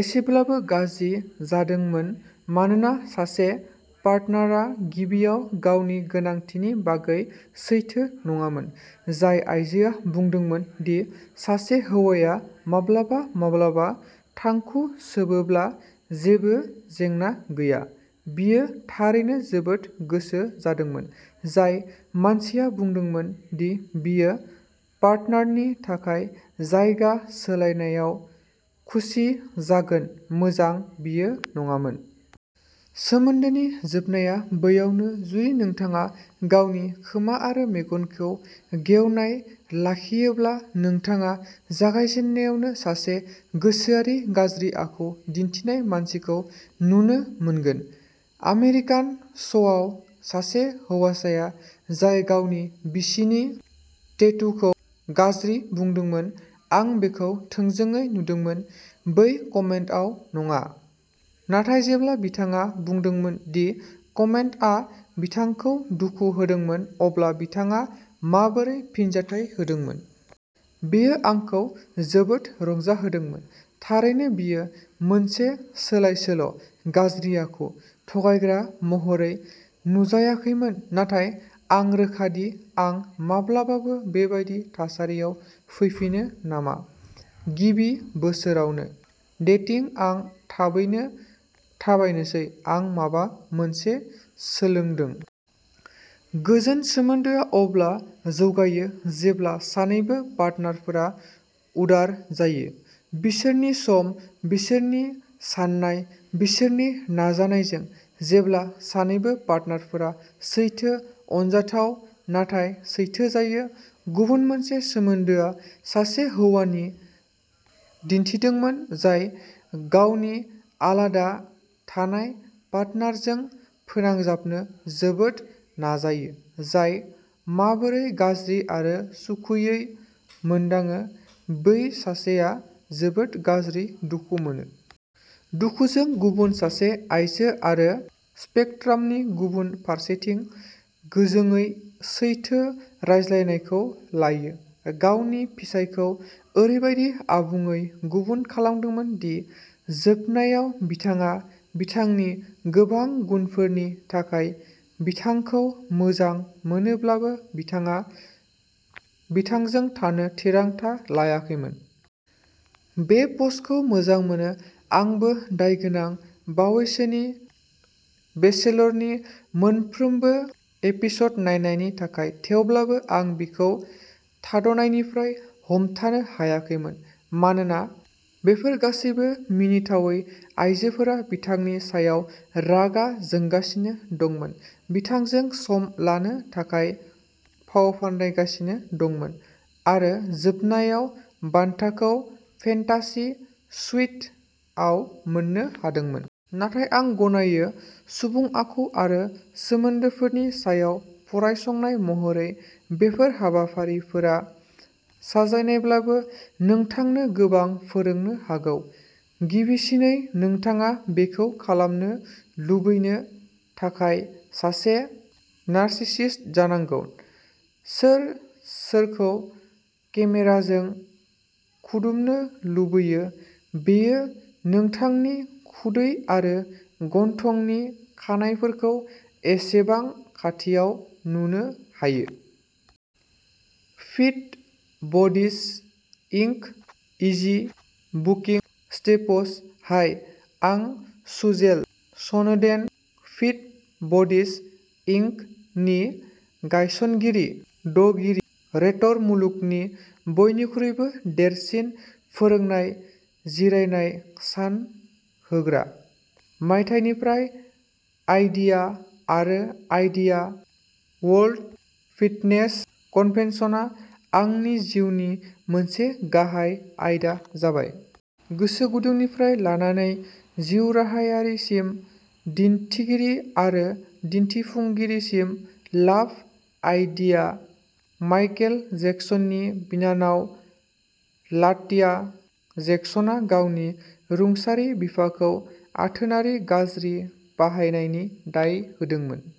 एसेब्लाबो गाज्रि जादोंमोन मानोना सासे पार्टनारआ गिबियाव गावनि गोनांथिनि बागै सैथो नङामोन। जाय आइजोआ बुंदोंमोन दि "सासे हौवाया माब्लाबा-माब्लाबा थांखु सोबोब्ला जेबो जेंना गैया", बियो थारैनो जोबोद गोसो जादोंमोन। जाय मानसिया बुंदोंमोन दि बियो पार्टनारनि थाखाय जायगा सोलायनायाव खुसि जागोन-मोजां, बियो नङामोन। सोमोन्दोनि जोबनाया बैयावनो। जुदि नोंथाङा गावनि खोमा आरो मेगनखौ गेवनाय लाखियोब्ला नोंथाङा जागायजेननायावनो सासे गोसोआरि गाज्रि आखु दिन्थिनाय मानसिखौ नुनो मोनगोन। आमेरिकान श'आव, सासे हौवाया जाय गावनि बिसिनि टेटूखौ'गाज्रि'बुंदोंमोन आं बेखौ थोंजोङै नुदोंमोन-बै कमेन्टआव नङा, नाथाय जेब्ला बिथाङा बुंदोंमोन दि कमेन्टआ बिथांखौ दुखु होदोंमोन, अब्ला बिथाङा माबोरै फिनजाथाय होदोंमोन। बेयो आंखौ जोबोद रंजाहोदोंमोन। थारैनो बियो मोनसे सोलायसोल', गाज्रि आखु, थगायग्रा महरै नुजायाखैमोन, नाथाय आं रोखा दि आं माब्लाबाबो बेबादि थासारियाव फैफिनो नामा, गिबि बोसोरावनो। डेटिं, आं थाबैनो थाबायनोसै। आं माबा मोनसे सोलोंदों! गोजोन सोमोन्दोआ अब्ला जौगायो जेब्ला सानैबो पार्टनारफोरा उदार जायो। बिसोरनि सम, बिसोरनि साननाय, बिसोरनि नाजानायजों। जेब्ला सानैबो पार्टनारफोरा सैथो, अनजाथाव नाथाय सैथो जायो। गुबुन मोनसे सोमोन्दोआ सासे हौवाखौ दिन्थिदोंमोन, जाय गावनि आलादा थानाय पार्टनारजों फोनांजाबनो जोबोद नाजायो, जाय माबोरै'गाज्रि'आरो'सुखुयै'मोनदाङो बै सासेआ जोबोद गोख्रै दुखु मोनो। दुखुजों गुबुन सासे आयजो जाय स्पेकट्रामनि गुबुन फारसेथिं गोजोंयै सैथो रायज्लायनायखौ लायो, गावनि फिसायखौ ओरैबायदि आबुङै गुबुन खालामदोंमोन दि, जोबनायाव बिथाङा बिथांनि गोबां गुनफोरनि थाखाय बिथांखौ मोजां मोनोब्लाबो, बिथाङा बिथांजों थानो थिरांथा लायाखैमोन। बे पस्टखौ मोजां मोनो। आंबो दायगोनां... बावैसोनि बेचेलरनि मोनफ्रोमबो एपिस'ड नायनायनि थाखाय, थेवब्लाबो। आं बिखौ थाद'नायनिफ्राय हमथानो हायाखैमोन, मानोना बेफोर गासैबो मिनिथावै आइजोफोरा बिथांनि सायाव रागा जोंगासिनो दंमोन, बिथांजों सम लानो थाखाय फावफान्दायगासिनो दंमोन, आरो जोबनायाव बान्थाखौ "फेन्टासि सुइट" आव मोन्नो हादोंमोन। नाथाय आं गनायो। सुबुं आखु आरो सोमोन्दोफोरनि सायाव फरायसंनाय महरै बेफोर हाबाफारिफोरा, साजायनायब्लाबो, नोंथांनो गोबां फोरोंनो हागौ। गिबिसिनै, नोंथाङा बेखौ खालामनो लुबैनो थाखाय सासे नार्सिसिस्ट जानांगौ। सोर सोरखौ केमेराजों खुदुमनो लुबैयो, बेयो नोंथांनि खुदै आरो गन्थंनि खानाइफोरखौ एसेबां खाथियाव नुनो हायो? Fit buddies, inc easy booking steps! Hi! आं Suzelle Snowden, fit buddies, inc. नि गायसनगिरि दगिरि रेटर-मुलुगनि बयनिख्रुइबो देरसिन फोरोंनाय जिरायनाय सान होग्रा। मायथाइनिफ्राय आइडिया आरो आइडिया वर्ल्ड फिटनेस कन्भेन्सनआ आंनि जिउनि मोनसे गाहाय आयदा जाबाय। गोसोगुदुंनिफ्राय लानानै जिउराहायारिसिम, दिन्थिगिरि आरो दिन्थिफुंगिरिसिम। लाभ आइडिया! माइकेल जेक्सननि बिनानाव लाटया जेक्सनआ गावनि रुंसारि बिफाखौ आथोनारि गाज्रि बाहायनायनि दाय होदोंमोन।